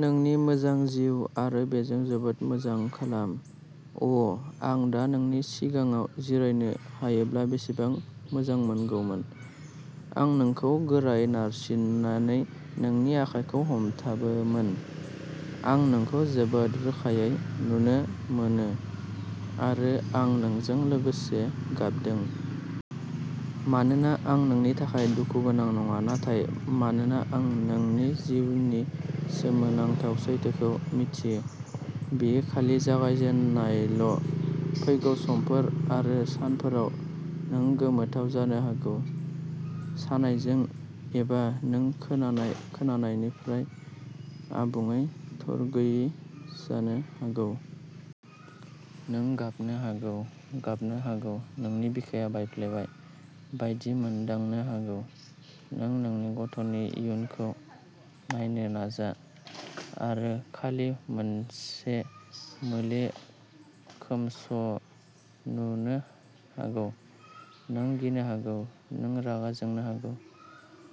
नोंनि मोजां जिउ आरो बेजों जोबोद मोजां खालाम। अ' आं दा नोंनि सिगाङाव जिरायनो हायोब्ला बेसेबां मोजांमोनगौमोन। आं नोंखौ गोरायै नारसिन्नानै नोंनि आखाइखौ हमथाबोमोन। आं नोंखौ जोबोद रोखायै नुनो मोनो आरो आं नोंजों लोगोसे गाबदों। मानोना आं नोंनि थाखाय दुखुगोनां नङा, नाथाय मानोना आं नोंनि जिउनि सोमोनांथाव सैथोखौ मिथियो। बेयो खालि जागायजेननायल'। फैगौ समफोर आरो सानफोराव, नों गोमोथाव जानो हागौ, सानायजों, एबा नों खोनानाय खोनानायनिफ्राय आबुङै थरगैयि जानो हागौ। नों गाबनो हागौ, गाबनो हागौ, नोंनि बिखाया बायफ्लेबाय बायदि मोनदांनो हागौ। नों नोंनि गथ'नि इयुनखौ नायनो नाजा आरो खालि मोनसे मोले खोमस'नुनो हागौ। नों गिनो हागौ, नों रागा जोंनो हागौ,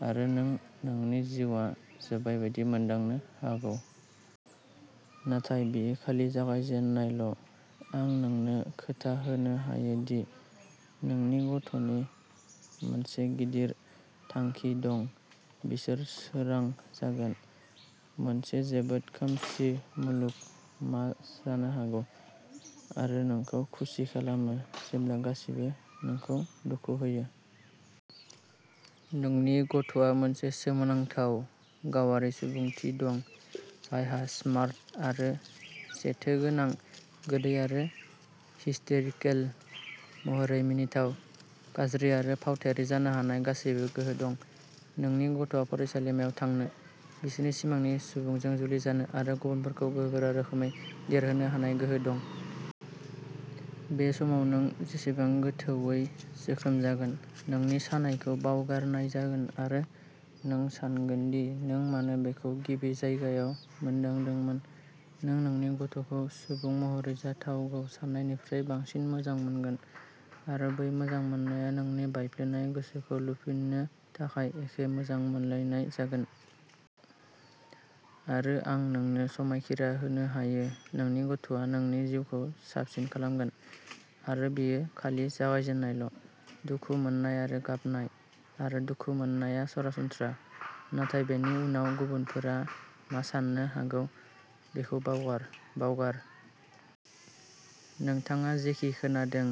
आरो नों नोंनि जिउआ जोबबाय बायदि मोनदांनो हागौ। नाथाय बेयो खालि जागायजेननायल'। आं नोंनो खोथा होनो हायो दि नोंनि गथ'नि मोनसे गिदिर थांखि दं। बिसोर सोरां जागोन। मोनसे जोबोद खोमसि मुलुग मा जानो हागौ, आरो नोंखौ खुसि खालामो जेब्ला गासिबो नोंखौ दुखु होयो। नोंनि गथ'आ मोनसे सोमोनांथाव, गावारि सुबुंथि दं, जायहा स्मार्ट आरो जेथोगोनां, गोदै आरो हिस्टेरिकेल महरै मिनिथाव, गाज्रि आरो फावथायारि जानो हानाय गासैबो गोहो दं। नोंनि गथ'आ फरायसालिमायाव थांनो, बिसोरनि सिमांनि सुबुंजों जुलि जानो, आरो गुबुनफोरखौ गोहोगोरा रोखोमै देरहोनो हानाय गोहो दं। बे समाव नों जेसेबां गोथौवै जोखोम जागोन, नोंनि सानायखौ बावगारनाय जागोन आरो नों सानगोन दि नों मानो बेखौ गिबि जायगायाव मोनदांदोंमोन। नों नोंनि गथ'खौ सुबुं महरै जाथावगौ सान्नायनिफ्राय बांसिन मोजां मोनगोन, आरो बै मोजां मोननाया नोंनि बायफ्लेनाय गोसोखौ लुफिननो थाखाय एखे मोजां मोनलायनाय जागोन। आरो आं नोंनो समायखिरा होनो हायो-नोंनि गथ'आ नोंनि जिउखौ साबसिन खालामगोन। आरो बेयो खालि जागायजेननायल'। दुखु मोन्नाय आरो गाबनाय आरो दुखु मोननाया सरासनस्रा। नाथाय बेनि उनाव गुबुनफोरा मा सान्नो हागौ बेखौ बावगार। बावगार। नोंथाङा जेखि खोनादों,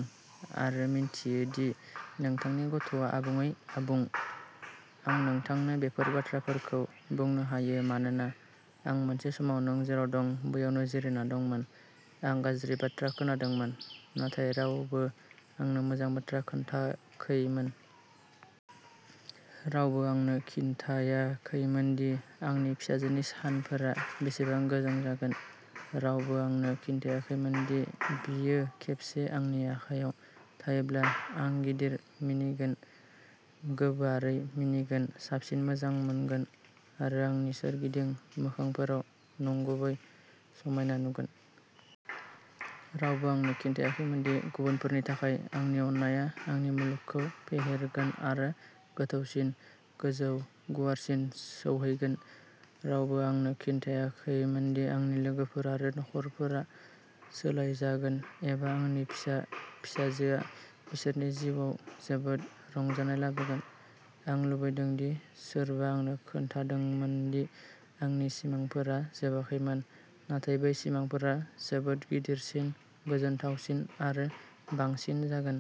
आरो मिन्थियो दि नोंथांनि गथ'आ आबुङै आबुं। आं नोंथांनो बेफोर बाथ्राफोरखौ बुंनो हायो मानोना आं मोनसे समाव नों जेराव दं, बैयावनो जिरायना दंमोन। आं गाज्रि बाथ्रा खोनादोंमोन, नाथाय रावबो आंनो मोजां बाथ्रा खोन्थाखैमोन। रावबो आंनो खिन्थियाखैमोन दि आंनि फिसाजोनि सानफोरा बेसेबां गोजों जागोन। रावबो आंनो खिन्थियाखैमोन दि बियो खेबसे आंनि आखाइयाव थायोब्ला, आं गिदिर मिनिगोन, गोबारै मिनिगोन, साबसिन मोजां मोनगोन, आरो आंनि सोरगिदिं मोखांफोराव नंगुबै समायना नुगोन। रावबो आंनो खिन्थियाखैमोनदि गुबुनफोरनि थाखाय आंनि अननायआ आंनि मुलुगखौ फेहेरगोन आरो गोथौसिन, गोजौ, गुवारसिन सौहैगोन। रावबो आंनो खिन्थियाखैमोनदि आंनि लोगोफोर आरो नखरफोरा सोलायजागोन एबा आंनि फिसा फिसाजोआ बिसोरनि जिउआव जोबोद रंजानाय लाबोगोन। आं लुबैदों दि सोरबा आंनो खोन्थादोंमोन दि आंनि सिमांफोरा जोबाखैमोन, नाथाय बै सिमांफोरा जोबोद गिदिरसिन, गोजोनथावसिन आरो बांसिन जागोन।